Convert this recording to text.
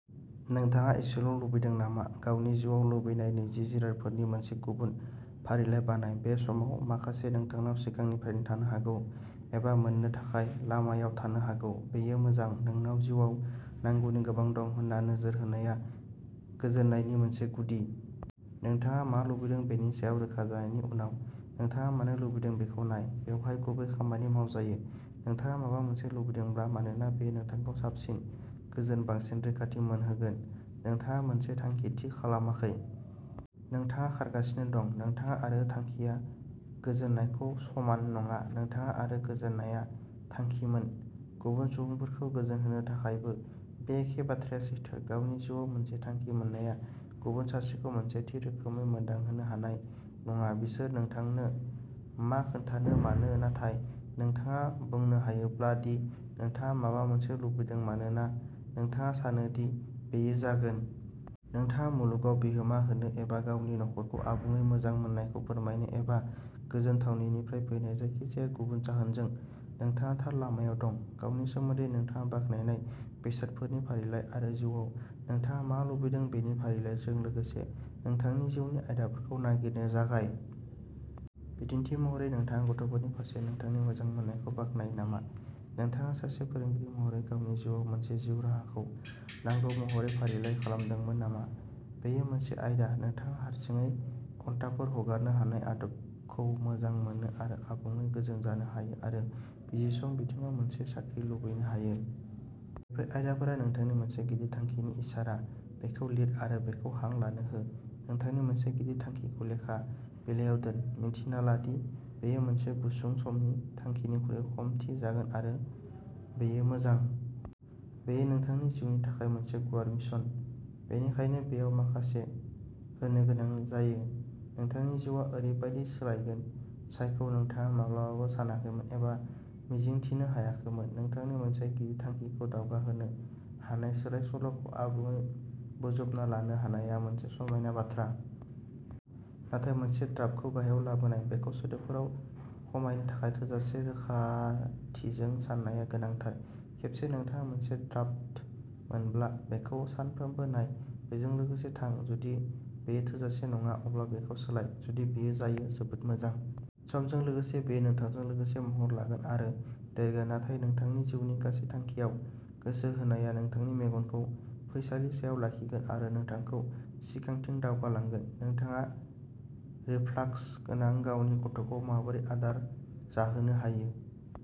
नोंथाङा एसेल' लुबैदों नामा? गावनि जिउआव लुबैनाय नैजि जिरादफोरनि मोनसे गुबुन फारिलाइ बानाय, बे समाव। माखासे नोंथांनाव सिगांनिफ्रायनो थानो हागौ, एबा मोन्नो थाखाय लामायाव थानो हागौ। बेयो मोजां। नोंनाव जिउआव नांगौनि गोबां दं होन्ना नोजोर होनाया गोजोननायनि मोनसे गुदि। नोंथाङा मा लुबैदों बेनि सायाव रोखा जानायनि उनाव, नोंथाङा मानो लुबैदों बेखौ नाय। बेवहाय गुबै खामानि मावजायो। नोंथाङा माबा मोनसे लुबैदोंब्ला मानोना बेयो नोंथांखौ साबसिन, गोजोन, बांसिन रैखाथि मोनहोगोन। नोंथाङा मोनसे थांखि थि खालामाखै। नोंथाङा खारगासिनो दं। नोंथाङा आरो थांखिया गोजोननायखौ समान नङा। नोंथाङा आरो गोजोननाया थांखिमोन। गुबुन सुबुंफोरखौ गोजोनहोनो थाखायबो बे एखे बाथ्राया सैथो। गावनि जिउआव मोनसे थांखि मोननाया गुबुन सासेखौ मोनसे थि रोखोमै मोनदांहोनो हानाय नङा बिसोर नोंथांनो मा खोन्थानो मानो नाथाय, नोंथाङा बुंनो हायोब्ला दि नोंथाङा माबा मोनसे लुबैदों मानोना नोंथाङा सानो दि बेयो जागोन। नोंथाङा मुलुगआव बिहोमा होनो एबा गावनि नखरखौ आबुङै मोजां मोननायखौ फोरमायनो एबा गोजोन थावनिनिफ्राय फैनाय जायखिजाया गुबुन जाहोनजों, नोंथाङा थार लामायाव दं। गावनि सोमोन्दै नोंथाङा बाख्नायनाय बेसादफोरनि फारिलाइ आरो जिउआव नोंथाङा मा लुबैदों बेनि फारिलाइजों लोगोसे, नोंथांनि जिउनि आयदाफोरखौ नागिरनो जागाय। बिदिन्थि महरै, नोंथाङा गथ'फोरनि फारसे नोंथांनि मोजां मोननायखौ बाख्नायो नामा नोंथाङा सासे फोरोंगिरि महरै गावनि जिउआव मोनसे जिउ राहाखौ नांगौ महरै फारिलाइ खालामदोंमोन नामा, बेयो मोनसे आयदा। नोंथाङा हारसिङै घन्टाफोर हगारनो हानाय आदबखौ मोजां मोनो आरो आबुङै गोजोन जानो हायो आरो बिजिरसं बिथिङाव मोनसे साख्रि लुबैनो हायो। बेफोर आयदाफोरा नोंथांनि मोनसे गिदिर थांखिनि इसारा। बेखौ लिर आरो बेखौ हां लानो हो। नोंथांनि मोनसे गिदिर थांखिखौ लेखा बिलायाव दोन। मिन्थिना ला दि बेयो मोनसे गुसुं समनि थांखिनिख्रुइ खम थि जागोन आरो बेयो मोजां। बेयो। नोंथांनि जिउनि थाखाय मोनसे गुवार मिशन, बेनिखायनो बेयाव माखासे होनो गोनां जायो। नोंथांनि जिउआ ओरैबायदि सोलायगोन जायखौ नोंथाङा माब्लाबाबो सानाखैमोन एबा मिजिंथिनो हायाखैमोन। नोंथांनि मोनसे गिदिर थांखिखौ दावगाहोनो हानाय सोलाय-सोल'खौ आबुङै बोजबना लानो हानायआ मोनसे समायना बाथ्रा। नाथाय मोनसे ड्राफ्टखौ गाहायाव लाबोनाया, बेखौ सोदोबफोराव खमायनो थाखाय थोजासे रोखाथिजों साननाया गोनांथार। खेबसे नोंथाङा मोनसे ड्राफ्ट मोनब्ला, बेखौ सानफ्रोमबो नाय। बेजों लोगोसे थां। जुदि बेयो थोजासे नङा, अब्ला बेखौ सोलाय। जुदि बेयो जायो, जोबोद मोजां। समजों लोगोसे बेयो नोंथांजों लोगोसे महर लागोन आरो देरगोन, नाथाय नोंथांनि जिउनि गासै थांखिआव गोसो होनाया नोंथांनि मेगनखौ फैसालि सायाव लाखिगोन आरो नोंथांखौ सिगांथिं दावगालांगोन। नोंथाङा रिफ्लाक्स गोनां गावनि गथ'खौ माबोरै आदार जाहोनो हायो।